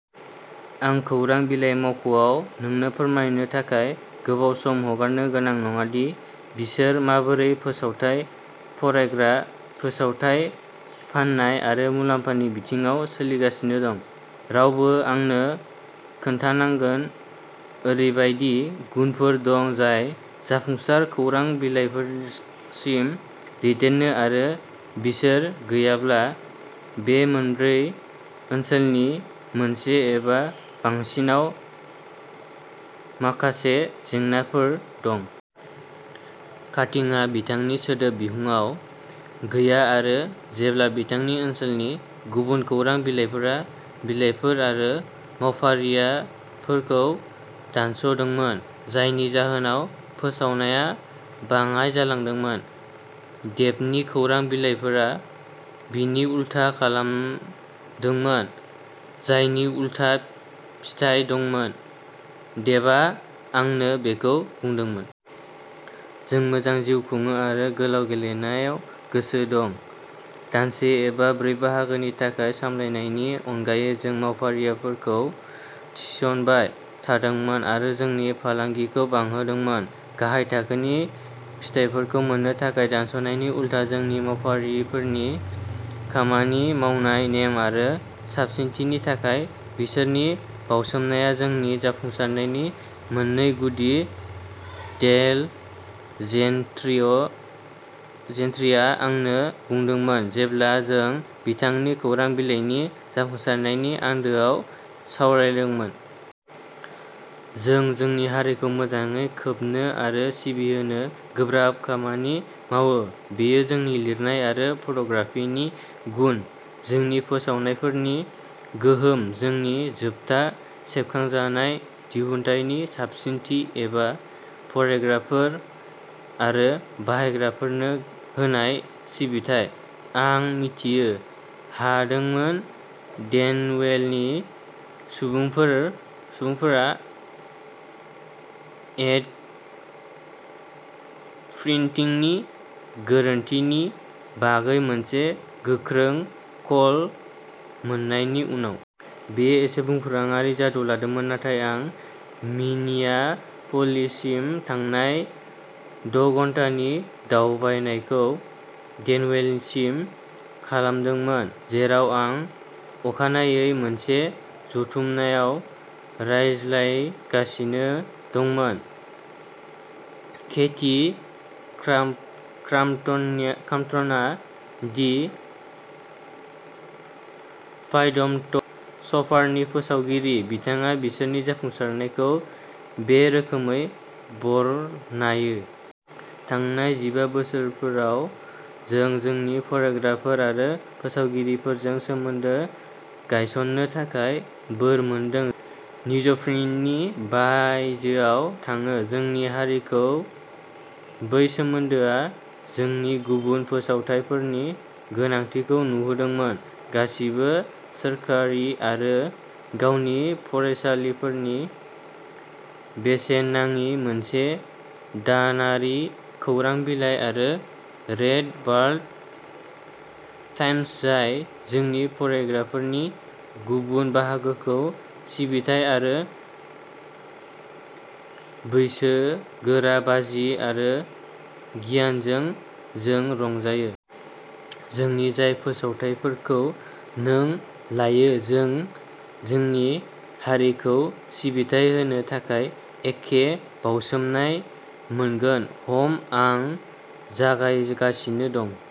आं खौरां बिलाइ मावख'आव नोंनो फोरमायनो थाखाय गोबाव सम हगारनो गोनां नङा दि बिसोर माबोरै फोसावथाय फरायग्रा फोसावथाय फाननाय आरो मुलाम्फानि बिथिङाव सोलिगासिनो दं। रावबो आंनो खोन्थानांगोन। ओरैबायदि गुनफोर दं जाय जाफुंसार खौरां बिलाइफोरसिम दैदेननो आरो बिसोर गैयाब्ला बे मोनब्रै ओनसोलनि मोनसे एबा बांसिनआव माखासे जेंनाफोर दं। काटिंआ बिथांनि सोदोब बिहुंआव गैया आरो जेब्ला बिथांनि ओनसोलनि गुबुन खौरां बिलाइफोरा बिलाइफोर आरो मावफारियाफोरखौ दानस'दोंमोन। जायनि जाहोनाव फोसावनाया बाङाइ जालांदोंमोन। डेभनि खौरां बिलाइफोरा बिनि उलथा खालामदोंमोन। जायनि उलथा फिथाय दंमोन। डेभआ आंनो बेखौ बुंदोंमोन। जों मोजां जिउ खुङो आरो गोलाव गेलेनायाव गोसो दं। दानसे एबा ब्रै बाहागोनि थाखाय सामलायनायनि अनगायै। जों मावफारियाफोरखौ थिसनबाय थादोंमोन आरो जोंनि फालांगिखौ बांहोदोंमोन। गाहाय थाखोनि फिथायफोरखौ मोननो थाखाय दानस'नायनि उलथा। जोंनि मावफारियाफोरनि खामानि मावनाय नेम आरो साबसिनथिनि थाखाय बिसोरनि बाउसोमनाया जोंनि जाफुंसारनायनि मोननै गुदि डेल जेनट्रीय जेनट्रीआ आंनो बुंदोंमोन जेब्ला जों बिथांनि खौरां बिलाइनि जाफुंसारनायनि आन्दोआव सावरायदोंमोन। जों जोंनि हारिखौ मोजाङै खोबनो आरो सिबिहोनो गोब्राब खामानि मावो बेयो जोंनि लिरनाय आरो फट'ग्राफिनि गुन जोंनि फोसावनायफोरनि गोहोम जोंनि जोबथा सेबखांजानाय दिहुनथायनि साबसिनथि एबा फरायग्राफोर आरो बायग्राफोरनो होनाय सिबिथाइ। आं मिथिनो हादोंमोन डेनवेलनि सुबुंफोर सुबुंफोरा एड प्रिनटिंनि गोरोन्थिनि बागै मोनसे गोख्रों कल मोननायनि उनाव। बेयो एसे भुमखौराङारि जादु लादोंमोन नाथाय आं मिनियाप'लिससिम थांनाय द' घन्टानि दावबायनायखौ डेनवेलसिम खालामदोंमोन जेराव आं अखानायै मोनसे जथुमनायाव रायज्लायगासिनो दंमोन। केथी क्राम क्रामप क्राम्पटनआ दि पाइडमन्ट शपारनि फोसावगिरि। बिथाङा बिसोरनि जाफुंसारनायखौ बे रोखोमै बरनायो। थांनाय जिबा बोसोरफोराव जों जोंनि फरायग्राफोर आरो फोसावगिरिफोरजों सोमोन्दो गायसननो थाखाय बोर मोनदों जाय निउजप्रिन्टनि बायजोआव थाङो। जोंनि हारिजों बै सोमोन्दोआ जोंनि गुबुन फोसावथायफोरनि गोनांथिखौ नुहोदोंमोन। गासिबो सोरखारि आरो गावारि फरायसालिफोरनो बेसेन नाङि मोनसे दानारि खौरां बिलाइ आरो रेड बार्ड टाइम्स जाय जोंनि फरायग्राफोरनि गुबुन बाहागोखौ सिबिथाइ आरो बैसोगोरा बाजि आरो गियानगोनां जों रंजायो। जोंनि जाय फोसावथाइफोरखौ नों लायो नों जोंनि हारिखौ सिबिथाइ होनो थाखाय एखे बाउसोमनाय मोनगोन। हम आं जागायगासिनो दं।